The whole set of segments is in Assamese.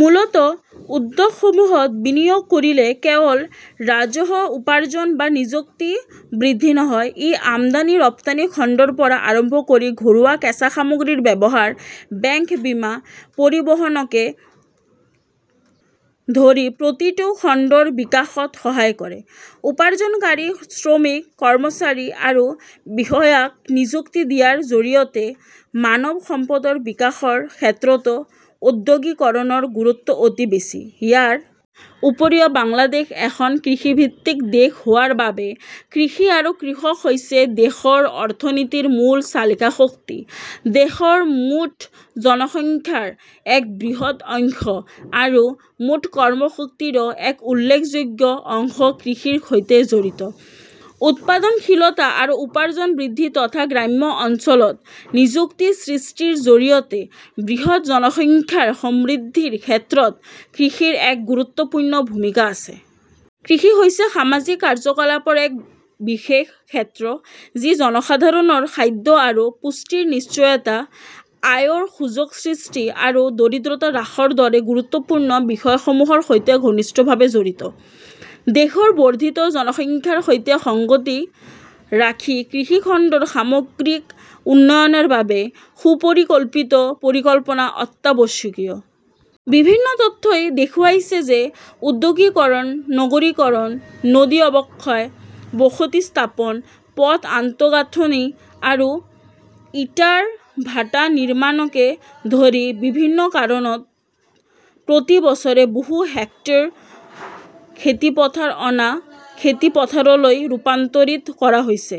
মূলতঃ উদ্যোগসমূহত বিনিয়োগ কৰিলে কেৱল ৰাজহ উপাৰ্জন বা নিযুক্তি বৃদ্ধি নহয়, ই আমদানি ৰপ্তানি খণ্ডৰ পৰা আৰম্ভ কৰি ঘৰুৱা কেঁচা সামগ্ৰীৰ ব্যৱহাৰ, বেংক বীমা, পৰিবহণকে ধৰি প্ৰতিটো খণ্ডৰ বিকাশত সহায় কৰে। উপাৰ্জনকাৰী শ্ৰমিক, কৰ্মচাৰী আৰু বিষয়াক নিযুক্তি দিয়াৰ জৰিয়তে মানৱ সম্পদৰ বিকাশৰ ক্ষেত্ৰতো ঔদ্যোগিকৰণৰ গুৰুত্ব অতি বেছি। ইয়াৰ উপৰিও বাংলাদেশ এখন কৃষিভিত্তিক দেশ হোৱাৰ বাবে কৃষি আৰু কৃষক হৈছে দেশৰ অৰ্থনীতিৰ মূল চালিকা শক্তি। দেশৰ মুঠ জনসংখ্যাৰ এক বৃহৎ অংশ আৰু মুঠ কৰ্মশক্তিৰো এক উল্লেখযোগ্য অংশ কৃষিৰ সৈতে জড়িত। উৎপাদনশীলতা আৰু উপাৰ্জন বৃদ্ধি তথা গ্ৰাম্য অঞ্চলত নিযুক্তি সৃষ্টিৰ জৰিয়তে বৃহৎ জনসংখ্যাৰ সমৃদ্ধিৰ ক্ষেত্ৰত কৃষিৰ এক গুৰুত্বপূৰ্ণ ভূমিকা আছে। কৃষি হৈছে সামাজিক কাৰ্যকলাপৰ এক বিশেষ ক্ষেত্ৰ, যি জনসাধাৰণৰ খাদ্য আৰু পুষ্টিৰ নিশ্চয়তা, আয়ৰ সুযোগ সৃষ্টি আৰু দৰিদ্ৰতা হ্ৰাসৰ দৰে গুৰুত্বপূৰ্ণ বিষয়সমূহৰ সৈতে ঘনিষ্ঠভাৱে জড়িত। দেশৰ বৰ্ধিত জনসংখ্যাৰ সৈতে সংগতি ৰাখি কৃষি খণ্ডৰ সামগ্ৰিক উন্নয়নৰ বাবে সুপৰিকল্পিত পৰিকল্পনা অত্যাৱশ্যকীয়। বিভিন্ন তথ্যই দেখুৱাইছে যে ঔদ্যোগিকৰণ, নগৰীকৰণ, নদী অৱক্ষয়, বসতি স্থাপন, পথ আন্তঃগাঁথনি আৰু ইটাৰ ভাটা নিৰ্মাণকে ধৰি বিভিন্ন কাৰণত প্ৰতি বছৰে বহু হেক্টৰ খেতিপথাৰ অনা খেতিপথাৰলৈ ৰূপান্তৰিত কৰা হৈছে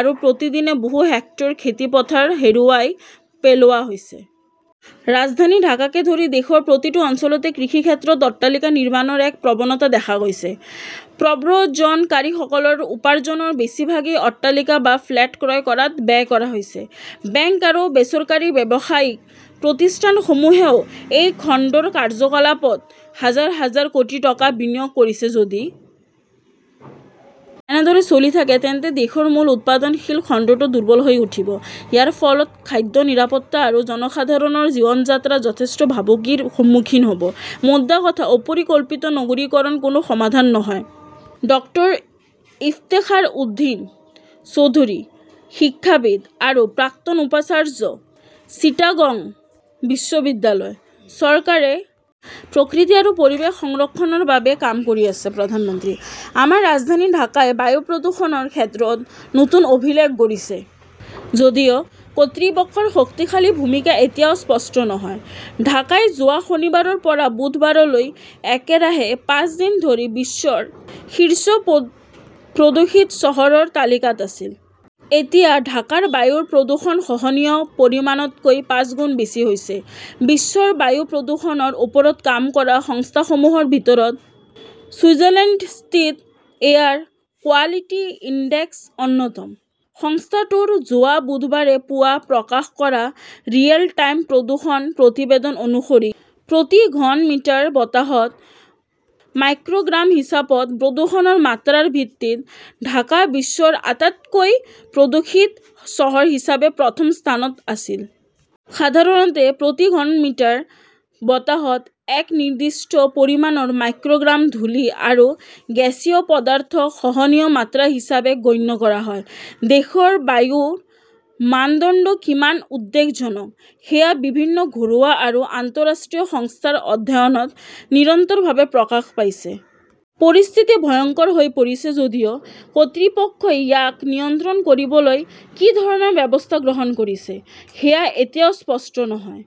আৰু প্ৰতিদিনে বহু হেক্টৰ খেতিপথাৰ হেৰুৱাই পেলোৱা হৈছে। ৰাজধানী ঢাকাকে ধৰি দেশৰ প্ৰতিটো অঞ্চলতে কৃষিক্ষেত্ৰত অট্টালিকা নিৰ্মাণৰ এক প্ৰৱণতা দেখা গৈছে। প্ৰব্ৰজনকাৰীসকলৰ উপাৰ্জনৰ বেছিভাগেই অট্টালিকা বা ফ্লেট ক্ৰয় কৰাত ব্যয় কৰা হৈছে। বেংক আৰু বেচৰকাৰী ব্যৱসায়িক প্ৰতিষ্ঠানসমূহেও এই খণ্ডৰ কাৰ্যকলাপত হাজাৰ হাজাৰ কোটি টকা বিনিয়োগ কৰিছে। যদি এনেদৰে চলি থাকে, তেন্তে দেশৰ মূল উৎপাদনশীল খণ্ডটো দুৰ্বল হৈ উঠিব। ইয়াৰ ফলত খাদ্য নিৰাপত্তা আৰু জনসাধাৰণৰ জীৱনযাত্ৰা যথেষ্ট ভাবুকিৰ সন্মুখীন হ'ব। মোদ্দা কথা, অপৰিকল্পিত নগৰীকৰণ কোনো সমাধান নহয়। ডক্টৰ ইফতেখাৰ উদ্দিন চৌধুৰী, শিক্ষাবিদ আৰু প্ৰাক্তন উপাচাৰ্য, চিটাগং বিশ্ববিদ্যালয়। চৰকাৰে প্ৰকৃতি আৰু পৰিৱেশ সংৰক্ষণৰ বাবে কাম কৰি আছে, প্ৰধানমন্ত্ৰী। আমাৰ ৰাজধানী ঢাকাই বায়ু প্ৰদূষণৰ ক্ষেত্ৰত নতুন অভিলেখ গঢ়িছে যদিও কৰ্তৃপক্ষৰ শক্তিশালী ভূমিকা এতিয়াও স্পষ্ট নহয়। ঢাকাই যোৱা শনিবাৰৰ পৰা বুধবাৰলৈ একেৰাহে পাঁচ দিন ধৰি বিশ্বৰ শীৰ্ষ প্ৰদূষিত চহৰৰ তালিকাত আছিল। এতিয়া ঢাকাৰ বায়ুৰ প্ৰদূষণ সহনীয় পৰিমাণতকৈ পাঁচগুণ বেছি হৈছে। বিশ্বৰ বায়ু প্ৰদূষণৰ ওপৰত কাম কৰা সংস্থাসমূহৰ ভিতৰত ছুইজাৰলেণ্ডস্থিত এয়াৰ কোৱালিটি ইনডেক্স অন্যতম। সংস্থাটোৰ যোৱা বুধবাৰে পুৱা প্ৰকাশ কৰা ৰিয়েল টাইম প্ৰদূষণ প্ৰতিবেদন অনুসৰি, প্ৰতি ঘন মিটাৰ বতাহত মাইক্ৰ'গ্ৰাম হিচাপত প্ৰদূষণৰ মাত্ৰাৰ ভিত্তিত ঢাকা বিশ্বৰ আটাইতকৈ প্ৰদূষিত চহৰ হিচাপে প্ৰথম স্থানত আছিল। সাধাৰণতে প্ৰতি ঘন মিটাৰ বতাহত এক নিৰ্দিষ্ট পৰিমাণৰ মাইক্ৰ'গ্ৰাম ধূলি আৰু গেছীয় পদাৰ্থক সহনীয় মাত্ৰা হিচাপে গণ্য কৰা হয়। দেশৰ বায়ুৰ মানদণ্ড কিমান উদ্বেগজনক, সেয়া বিভিন্ন ঘৰুৱা আৰু আন্তঃৰাষ্ট্ৰীয় সংস্থাৰ অধ্যয়নত নিৰন্তৰভাৱে প্ৰকাশ পাইছে। পৰিস্থিতি ভয়ংকৰ হৈ পৰিছে যদিও কৰ্তৃপক্ষই ইয়াক নিয়ন্ত্ৰণ কৰিবলৈ কি ধৰণৰ ব্যৱস্থা গ্ৰহণ কৰিছে, সেয়া এতিয়াও স্পষ্ট নহয়।